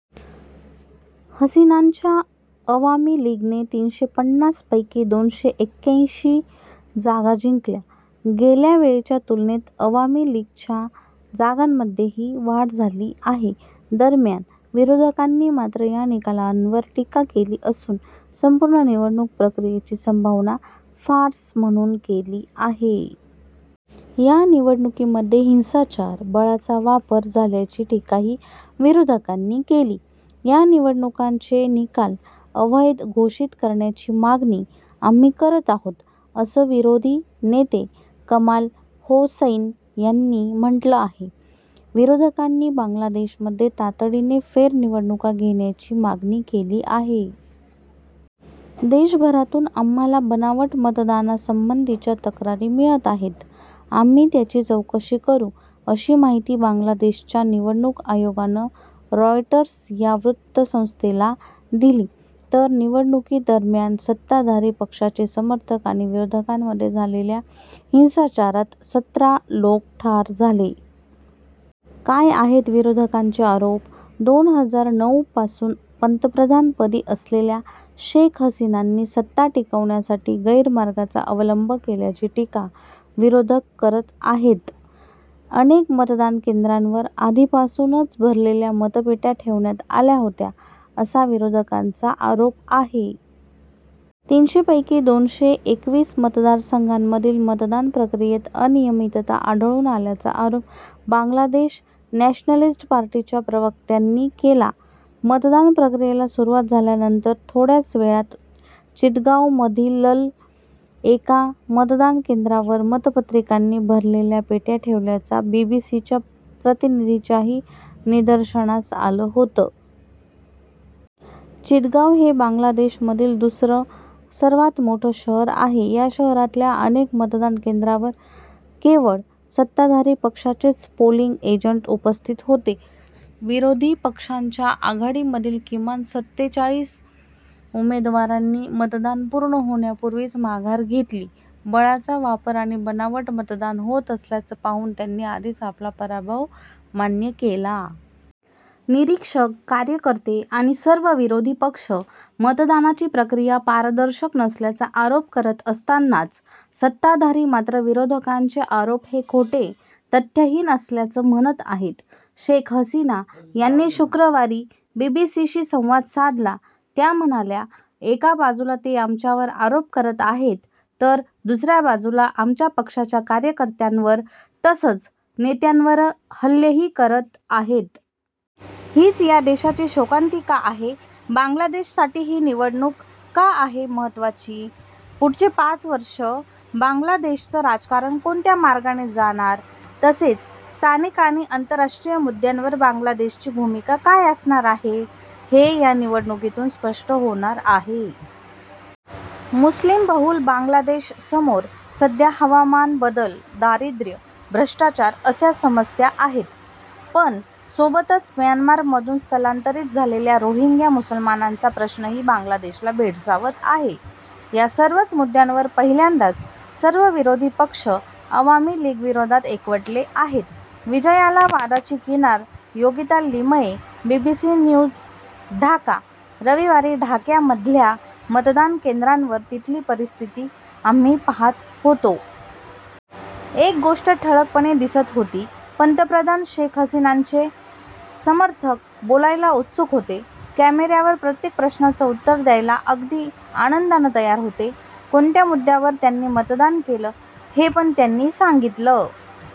हसीनांच्या अवामी लीगने तीनशे पन्नास पैकी दोनशे एक्याऐंशी जागा जिंकल्या. गेल्यावेळेच्या तुलनेत अवामी लीगच्या जागांमध्येही वाढ झाली आहे. दरम्यान, विरोधकांनी मात्र या निकालांवर टीका केली असून संपूर्ण निवडणूक प्रक्रियेची संभावना 'फार्स' म्हणून केली आहे. या निवडणुकीमध्ये हिंसाचार, बळाचा वापर झाल्याची टीकाही विरोधकांनी केली. या निवडणुकांचे निकाल अवैध घोषित करण्याची मागणी आम्ही करत आहोत, असं विरोधी नेते कमाल होसैन यांनी म्हटलं आहे. विरोधकांनी बांगलादेशमध्ये तातडीने फेरनिवडणुका घेण्याची मागणीही केली आहे. देशभरातून आम्हाला बनावट मतदानासंबंधीच्या तक्रारी मिळत आहेत. आम्ही त्याची चौकशी करू अशी माहिती बांगलादेशच्या निवडणूक आयोगानं रॉयटर्स या वृत्तसंस्थेला दिली. तर निवडणुकीदरम्यान सत्ताधारी पक्षाचे समर्थक आणि विरोधकांमध्ये झालेल्या हिंसाचारात सतरा लोक ठार झाले. काय आहेत विरोधकांचे आरोप? दोन हजार नऊ पासून पंतप्रधानपदी असलेल्या शेख हसीनांनी सत्ता टिकवण्यासाठी गैरमार्गाचा अवलंब केल्याची टीका विरोधक करत आहेत. अनेक मतदान केंद्रांवर आधीपासूनच भरलेल्या मतपेट्या ठेवण्यात आल्या होत्या, असा विरोधकांचा आरोप आहे. तीनशे पैकी दोनशे एकवीस मतदारसंघांमधील मतदान प्रक्रियेत अनियमितता आढळून आल्याचा आरोप बांगलादेश नॅशनलिस्ट पार्टीच्या प्रवक्त्यांनी केला. मतदान प्रक्रियेला सुरुवात झाल्यानंतर थोड्याच वेळात चितगावमधीलल एका मतदान केंद्रावर मतपत्रिकांनी भरलेल्या पेट्या ठेवल्याचं बीबीसीच्या प्रतिनिधीच्याही निदर्शनास आलं होतं. चितगाव हे बांगलादेशमधील दुसरं सर्वांत मोठं शहर आहे. या शहरातल्या अनेक मतदान केंद्रांवर केवळ सत्ताधारी पक्षाचेच 'पोलिंग एजंट' उपस्थित होते. विरोधी पक्षांच्या आघाडीमधील किमान सतेचाळीस उमेदवारांनी मतदान पूर्ण होण्यापूर्वीच माघार घेतली. बळाचा वापर आणि बनावट मतदान होत असल्याचं पाहून त्यांनी आधीच आपला पराभव मान्य केला. निरीक्षक, कार्यकर्ते आणि सर्व विरोधी पक्ष मतदानाची प्रक्रिया पारदर्शक नसल्याचा आरोप करत असतानाच सत्ताधारी मात्र विरोधकांचे आरोप हे खोटे तथ्यहीन असल्याचं म्हणत आहेत. शेख हसीना यांनी शुक्रवारी बीबीसीशी संवाद साधला. त्या म्हणाल्या, एका बाजूला ते आमच्यावर आरोप करत आहेत तर दुसऱ्या बाजूला आमच्या पक्षाच्या कार्यकर्त्यांवर तसंच नेत्यांवर हल्लेही करत आहेत. हीच या देशाची शोकांतिका आहे. बांगलादेशसाठी ही निवडणूक का आहे महत्त्वाची? पुढचे पाच वर्षं बांगलादेशचं राजकारण कोणत्या मार्गाने जाणार तसेच स्थानिक आणि आंतरराष्ट्रीय मुद्द्यांवर बांगलादेशची भूमिका काय असणार आहे, हे या निवडणुकीतून स्पष्ट होणार आहे. मुस्लीमबहुल बांगलादेशसमोर सध्या हवामान बदल, दारिद्र्य, भ्रष्टाचार अशा समस्या आहेत. पण त्यासोबतच म्यानमारमधून स्थलांतरित झालेल्या रोहिंग्या मुसलमानांचा प्रश्नही बांगलादेशला भेडसावत आहे. या सर्वच मुद्द्यांवर पहिल्यांदाच सर्व विरोधी पक्ष अवामी लीगविरोधात एकवटले आहेत. विजयाला वादाची किनार योगिता लिमये बीबीसी न्यूज ढाका रविवारी ढाक्यामधल्या मतदान केंद्रांवर तिथली परिस्थिती आम्ही पाहत होतो. एक गोष्ट ठळकपणे दिसत होती. पंतप्रधान शेख हसीनांचे समर्थक बोलायला उत्सुक होते. कॅमेऱ्यावर प्रत्येक प्रश्नाचं उत्तर द्यायला अगदी आनंदानं तयार होते. कोणत्या मुद्द्यावर त्यांनी मतदान केलं, हे पण त्यांनी सांगितलं.